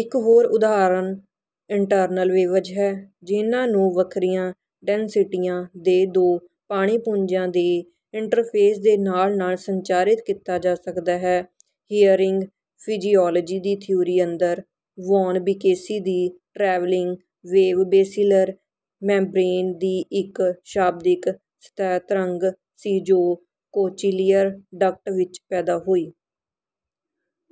ਇੱਕ ਹੋਰ ਉਦਾਹਰਨ ਇੰਟ੍ਰਨਲ ਵੇਵਜ਼ ਹੈ, ਜਿਹਨਾਂ ਨੂੰ ਵੱਖਰੀਆਂ ਡੈਂਸਿਟੀਆਂ ਦੇ ਦੋ ਪਾਣੀ-ਪੁੰਜਾਂ ਦੇ ਇੰਟ੍ਰਫੇਸ ਦੇ ਨਾਲ-ਨਾਲ ਸੰਚਾਰਿਤ ਕੀਤਾ ਜਾ ਸਕਦਾ ਹੈ। ਹਿਅਰਿੰਗ ਫਿਜ਼ੀਔਲੌਜੀ ਦੀ ਥਿਊਰੀ ਅੰਦਰ, ਵੌਨ ਬੀਕੇਸੀ ਦੀ ਟ੍ਰੈਵਲਿੰਗ ਵੇਵ ਬੇਸੀਲਰ ਮੈਂਬ੍ਰੇਨ ਦੀ ਇੱਕ ਸ਼ਾਬਦਿਕ ਸਤਹਿ ਤਰੰਗ ਸੀ ਜੋ ਕੋਚਲੀਅਰ ਡਕਟ ਵਿੱਚ ਪੈਦਾ ਹੋਈ।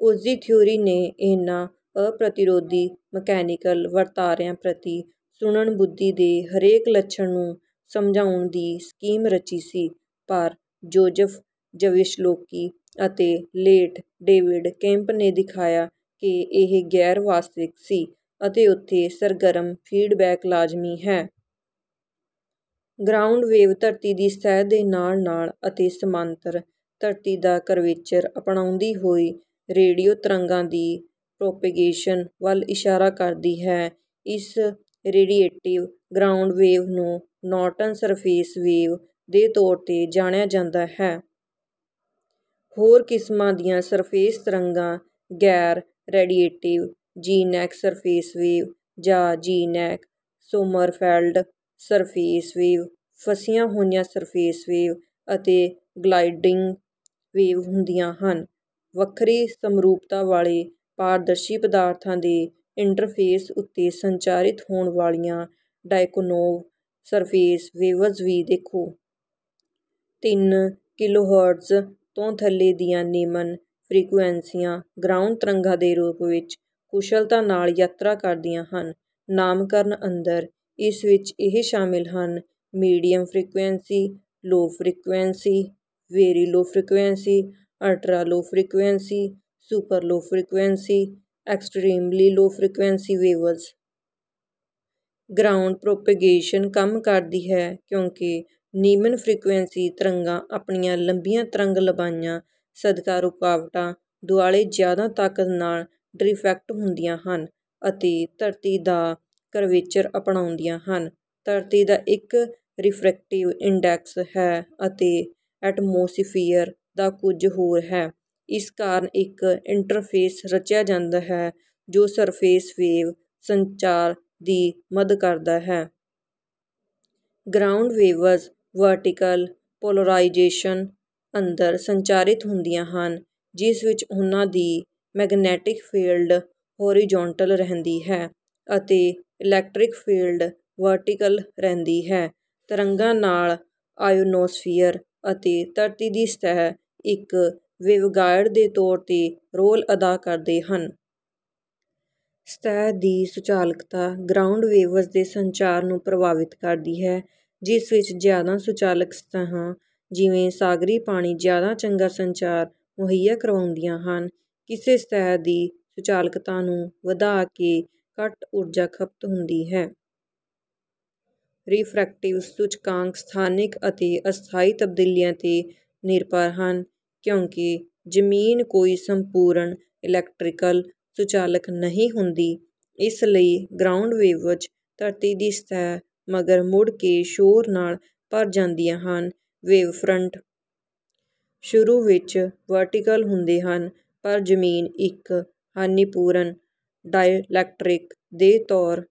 ਉਸਦੀ ਥਿਊਰੀ ਨੇ ਇਹਨਾਂ ਅਪ੍ਰਤਿਰੋਧੀ ਮਕੈਨੀਕਲ ਵਰਤਾਰਿਆਂ ਪ੍ਰਤੀ ਸੁਣਨ-ਬੁੱਧੀ ਦੇ ਹਰੇਕ ਲੱਛਣ ਨੂੰ ਸਮਝਾਉਣ ਦੀ ਸਕੀਮ ਰਚੀ ਸੀ। ਪਰ ਜੋਜ਼ਫ ਜ਼ਵਿਸਲੋਕੀ ਅਤੇ ਲੇਟ ਡੇਵਿਡ ਕੇਂਪ ਨੇ ਦਿਖਾਇਆ ਕਿ ਇਹ ਗੈਰ-ਵਾਸਤਵਿਕ ਸੀ ਅਤੇ ਓਥੇ ਸਰਗਰਮ ਫੀਡਬੈਕ ਲਾਜ਼ਮੀ ਹੈ। ਗਰਾਊਂਡ ਵੇਵ ਧਰਤੀ ਦੀ ਸਤਹਿ ਦੇ ਨਾਲ-ਨਾਲ ਅਤੇ ਸਮਾਂਤਰ, ਧਰਤੀ ਦਾ ਕਰਵੇਚਰ ਅਪਣਾਉਂਦੀ ਹੋਈ ਰੇਡੀਓ ਤਰੰਗਾਂ ਦੀ ਪ੍ਰੌਪੇਗੇਸ਼ਨ ਵੱਲ ਇਸ਼ਾਰਾ ਕਰਦੀ ਹੈ। ਇਸ ਰੇਡੀਏਟਿਵ ਗਰਾਊਂਡ ਵੇਵ ਨੂੰ ਨੌਰਟਨ ਸਰਫੇਸ ਵੇਵ ਦੇ ਤੌਰ ਤੇ ਜਾਣਿਆ ਜਾਂਦਾ ਹੈ। ਹੋਰ ਕਿਸਮਾਂ ਦੀਆਂ ਸਰਫੇਸ ਤਰੰਗਾਂ ਗੈਰ-ਰੇਡੀਏਟਿਵ ਜ਼ੀਨੈਕ ਸਰਫੇਸ ਵੇਵ, ਜਾਂ ਜ਼ੀਨੈਕ-ਸੋਮੱਰਫੈਲਡ ਸਰਫੇਸ ਵੇਵ, ਫਸੀਆਂ ਹੋਈਆਂ ਸਰਫੇਸ ਵੇਵ ਅਤੇ ਗਲਾਈਡਿੰਗ ਵੇਵ ਹੁੰਦੀਆਂ ਹਨ। ਵੱਖਰੀ ਸਮਰੂਪਤਾ ਵਾਲੇ ਪਾਰਦਰਸ਼ੀ ਪਦਾਰਥਾਂ ਦੇ ਇੰਟ੍ਰਫੇਸ ਉੱਤੇ ਸੰਚਾਰਿਤ ਹੋਣ ਵਾਲੀਆਂ ਡਾਇਕੋਨੋਵ ਸਰਫੇਸ ਵੇਵਜ਼ ਵੀ ਦੇਖੋ। ਤਿੰਨ ਕਿਲੋਹਰਟਜ਼ ਤੋਂ ਥੱਲੇ ਦੀਆਂ ਨਿਮਨ ਫ੍ਰੀਕੁਐਂਸੀਆਂ ਗਰਾਊਂਡ ਤਰੰਗਾਂ ਦੇ ਰੂਪ ਵਿੱਚ ਕੁਸ਼ਲਤਾ ਨਾਲ ਯਾਤਰਾ ਕਰਦੀਆਂ ਹਨ। ਨਾਮਕਰਨ ਅੰਦਰ, ਇਸ ਵਿੱਚ ਇਹ ਸ਼ਾਮਿਲ ਹਨ: medium frequency, low frequency, very low frequency, ultra low frequency, super low frequency, extremely low frequency waves. Ground propagation ਕੰਮ ਕਰਦੀ ਹੈ ਕਿਉਂਕਿ ਨਿਮਨ ਫ੍ਰੀਕੁਐਂਸੀ ਤਰੰਗਾਂ ਆਪਣੀਆਂ ਲੰਬੀਆਂ ਤਰੰਗ-ਲੰਬਾਈਆਂ ਸਦਕਾ ਰੁਕਾਵਟਾਂ ਦੁਆਲੇ ਜ਼ਿਆਦਾ ਤਾਕਤ ਨਾਲ ਡਿੱਫ੍ਰੈਕਟ ਹੁੰਦੀਆਂ ਹਨ, ਅਤੇ ਧਰਤੀ ਦਾ ਕਰਵੇਚਰ ਅਪਣਾਉਂਦੀਆਂ ਹਨ। ਧਰਤੀ ਦਾ ਇੱਕ ਰਿਫ਼੍ਰੈਕਟਿਵ ਇੰਡੈਕਸ ਹੈ ਅਤੇ ਐਟਮੋਸਫੀਅਰ ਦਾ ਕੁੱਝ ਹੋਰ ਹੈ, ਇਸ ਕਾਰਨ ਇੱਕ ਇੰਟ੍ਰਫੇਸ ਰਚਿਆ ਜਾਂਦਾ ਹੈ ਜੋ ਸਰਫੇਸ ਵੇਵ ਸੰਚਾਰ ਦੀ ਮਦ ਕਰਦਾ ਹੈ। ਗਰਾਊਂਡ ਵੇਵਜ਼ ਵਰਟੀਕਲ ਪੋਲਰਾਇਜ਼ੇਸ਼ਨ ਅੰਦਰ ਸੰਚਾਰਿਤ ਹੁੰਦੀਆਂ ਹਨ, ਜਿਸ ਵਿੱਚ ਉਹਨਾਂ ਦੀ ਮੈਗਨੈਟਿਕ ਫੀਲਡ ਹੌਰੀਜ਼ੌਨਟਲ ਰਹਿੰਦੀ ਹੈ ਅਤੇ ਇਲੈਕਟ੍ਰਿਕ ਫੀਲਡ ਵਰਟੀਕਲ ਰਹਿੰਦੀ ਹੈ। ਤਰੰਗਾਂ ਨਾਲ, ਆਇਓਨੋਸਫੀਅਰ ਅਤੇ ਧਰਤੀ ਦੀ ਸਤਹਿ ਇੱਕ ਵੇਵਗਾਈਡ ਦੇ ਤੌਰ ਤੇ ਰੋਲ ਅਦਾ ਕਰਦੇ ਹਨ। ਸਤਹਿ ਦੀ ਸੁਚਾਲਕਤਾ ਗਰਾਊਂਡ ਵੇਵਜ਼ ਦੇ ਸੰਚਾਰ ਨੂੰ ਪ੍ਰਭਾਵਿਤ ਕਰਦੀ ਹੈ, ਜਿਸ ਵਿੱਚ ਜ਼ਿਆਦਾ ਸੁਚਾਲਕ ਸਤਹਿਾਂ ਜਿਵੇਂ ਸਾਗਰੀ ਪਾਣੀ ਜ਼ਿਆਦਾ ਚੰਗਾ ਸੰਚਾਰ ਮੁਹੱਈਆ ਕਰਵਾਉਂਦੀਆਂ ਹਨ। ਕਿਸੇ ਸਤਹਿ ਦੀ ਸੁਚਾਲਕਤਾ ਨੂੰ ਵਧਾ ਕੇ ਘੱਟ ਊਰਜਾ ਖਪਤ ਹੁੰਦੀ ਹੈ। ਰਿਫ੍ਰੈਕਟਿਵ ਸੂਚਕਾਂਕ ਸਥਾਨਿਕ ਅਤੇ ਅਸਥਾਈ ਤਬਦੀਲੀਆਂ ਤੇ ਨਿਰਭਰ ਹਨ। ਕਿਉਂਕਿ ਜ਼ਮੀਨ ਕੋਈ ਸੰਪੂਰਣ ਇਲੈਕਟ੍ਰੀਕਲ ਸੁਚਾਲਕ ਨਹੀਂ ਹੁੰਦੀ, ਇਸ ਲਈ ਗਰਾਊਂਡ ਵੇਵਜ਼ ਧਰਤੀ ਦੀ ਸਤਹਿ ਮਗਰ ਮੁੜ ਕੇ ਸ਼ੋਰ ਨਾਲ ਭਰ ਜਾਂਦੀਆਂ ਹਨ। ਵੇਵਫ੍ਰੰਟ ਸ਼ੁਰੂ ਵਿੱਚ ਵਰਟੀਕਲ ਹੁੰਦੇ ਹਨ, ਪਰ ਜ਼ਮੀਨ, ਇੱਕ ਹਾਨੀਪੂਰਣ ਡਾਇਲੈਕਟ੍ਰਿਕ ਦੇ ਤੌਰ